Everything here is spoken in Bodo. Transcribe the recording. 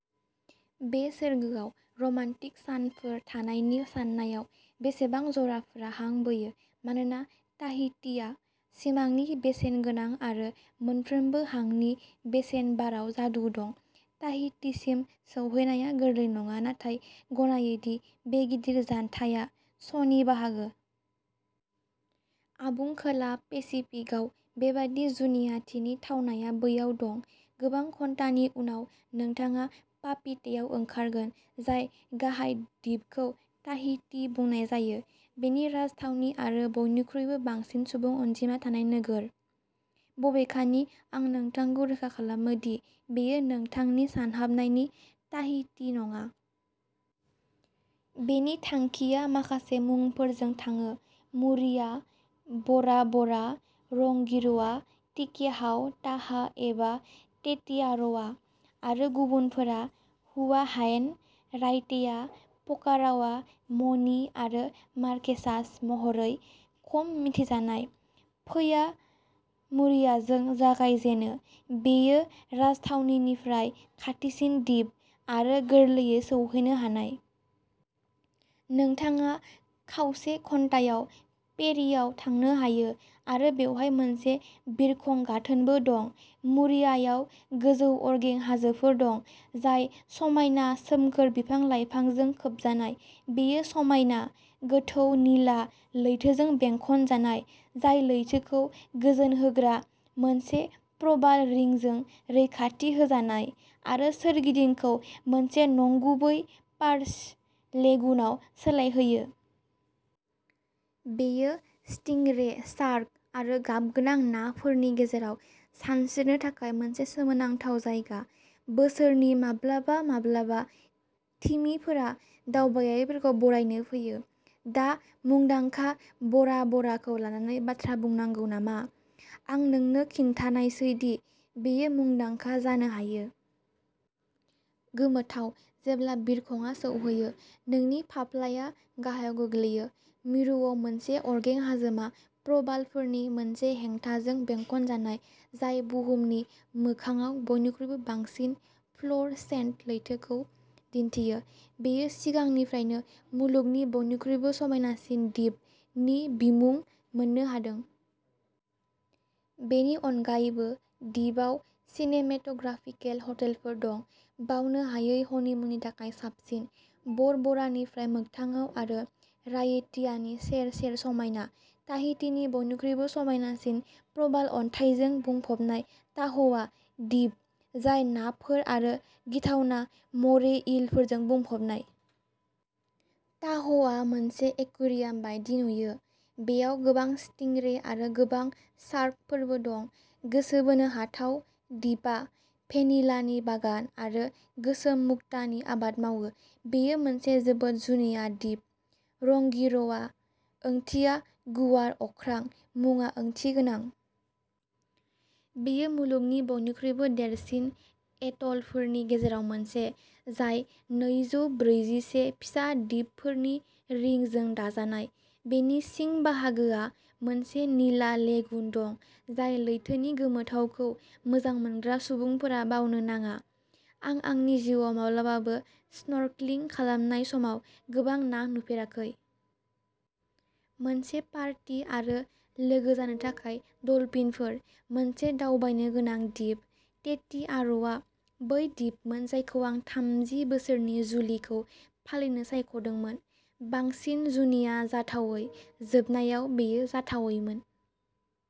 बे सोरगोआव रमान्टिक सानफोर थानायनि साननायाव बेसेबां जराफोरा हां बोयो? मानोना ताहितिआ सिमांनि बेसेनगोनां आरो मोनफ्रोमबो हांनि बेसेन बाराव जादु दं। ताहितिसिम सौहैनाया गोरलै नङा नाथाय गनायो दि बे गिदिर जानथाया श'नि बाहागो। आबुं खोला पेसिफिकआव बेबादि जुनियाथिनि थावनाया बैयाव दं। गोबां घन्टानि उनाव नोंथाङा पापीटेआव ओंखारगोन, जाय गाहाय दिपखौ ताहिति बुंनाय जायो बेनि राजथावनि आरो बयनिख्रुइबो बांसिन सुबुं अनजिमा थानाय नोगोर। बबेखानि, आं नोंथांखौ रोखा खालामो दि बेयो नोंथांनि सानहाबनायनि "ताहिति" नङा। बेनि थांखिया माखासे मुंफोरजों थाङो। मुरिया, बरा बरा, रंगिर'आ, टिकेहाउ, ताहा एबा तेतियार'आ आरो गुबुनफोरा हुआहाइन, रायतेया, फकारावा, मनि आरो मार्केसास महरै खम मिथिजानाय। फैया मुरियाजों जागाय जेनो। बेयो राजथावनिनिफ्राय खाथिसिन दिप आरो गोरलैयै सौहैनो हानाय। नोंथाङा खावसे घन्टायाव फेरिआव थांनो हायो आरो बेवहाय मोनसे बिरखं गाथोनबो दं। मुरियाआव गोजौ अरगें हाजोफोर दं, जाय समायना सोमखोर बिफां-लाइफांजों खोबजानाय। बेयो समायना, गोथौ निला लैथोजों बेंखनजानाय, जाय लैथोखौ गोजोन होग्रा मोनसे प्रबाल रिंजों रैखाथि होजानाय आरो सोरगिदिंखौ मोनसे नंगुबै फारज लेगुनआव सोलायहोयो। बेयो सिटिंरे, शार्क आरो गाबगोनां नाफोरनि गेजेराव सानस्रिनो थाखाय मोनसे सोमोनांथाव जायगा। बोसोरनि माब्लाबा माब्लाबा, तिमिफोरा दावबायारिफोरखौ बरायनो फैयो। दा मुंदांखा बरा बराखौ लानानै बाथ्रा बुंनांगौ नामा? आं नोंनो खिन्थानायसै दि बेयो मुंदांखा जानो हायो। गोमोथाव जेब्ला बिरखंआ सौहैयो, नोंनि फाफ्लाया गाहायाव गोग्लैयो। मिरुआव मोनसे अरगें हाजोमा प्रबालफोरनि मोनसे हेंथाजों बेंखनजानाय जाय बुहुमनि मोखांआव बयनिख्रुइबो बांसिन फ्ल'रसेन्ट लैथोखौ दिन्थियो। बेयो सिगांनिफ्रायनो "मुलुगनि बयनिख्रुइबो समायनासिन दिप" नि बिमुं मोननो हादों। बेनि अनगायैबो दिपआव सिनेमेट'ग्राफिकेल हटेलफोर दं। बावनो हायै हनिमुननि थाखाय साबसिन। बर बरानिफ्राय मोगथाङाव आरो रायेटियानि सेर-सेर समायना। ताहितिनि बयनिख्रुइबो समायनासिन प्रबाल अन्थाइजों बुंफबनाय ताह'आ दिप, जाय नाफोर आरो गिथावना मरे ईलफोरजों बुंफबनाय। ताह'आ मोनसे एकुयेरियाम बायदि नुयो। बेयाव गोबां स्टिंगरे आरो गोबां शार्कफोरबो दं। गोसो बोनो हाथाव दिपा भेनिलानि बागान आरो गोसोम मुक्तानि आबाद मावो। बेयो मोनसे जोबोद जुनिया दिप। रंगिर'आ ओंथिया "गुवार अख्रां"। मुङा ओंथिगोनां। बेयो मुलुगनि बयनिख्रुइबो देरसिन एट'लफोरनि गेजेराव मोनसे, जाय नैजौ ब्रैजिसे फिसा दिपफोरनि रिंजों दाजानाय। बेनि सिं बाहागोआ मोनसे निला लेगुन दं, जाय लैथोनि गोमोथावखौ मोजां मोनग्रा सुबुंफोरा बावनो नाङा। आं आंनि जिउआव माब्लाबाबो स्नर्कलिं खालामनाय समाव गोबां ना नुफेराखै। मोनसे पार्टी आरो लोगो जानो थाखाय डलफिनफोर। मोनसे दावबायनो गोनां दिप। तेतियार'आ बै दिपमोन जायखौ आं थामजि बोसोरनि जुलिखौ फालिनो सायख'दोंमोन। बांसिन जुनिया जाथावै, जोबनायाव, बेयो जाथावैमोन।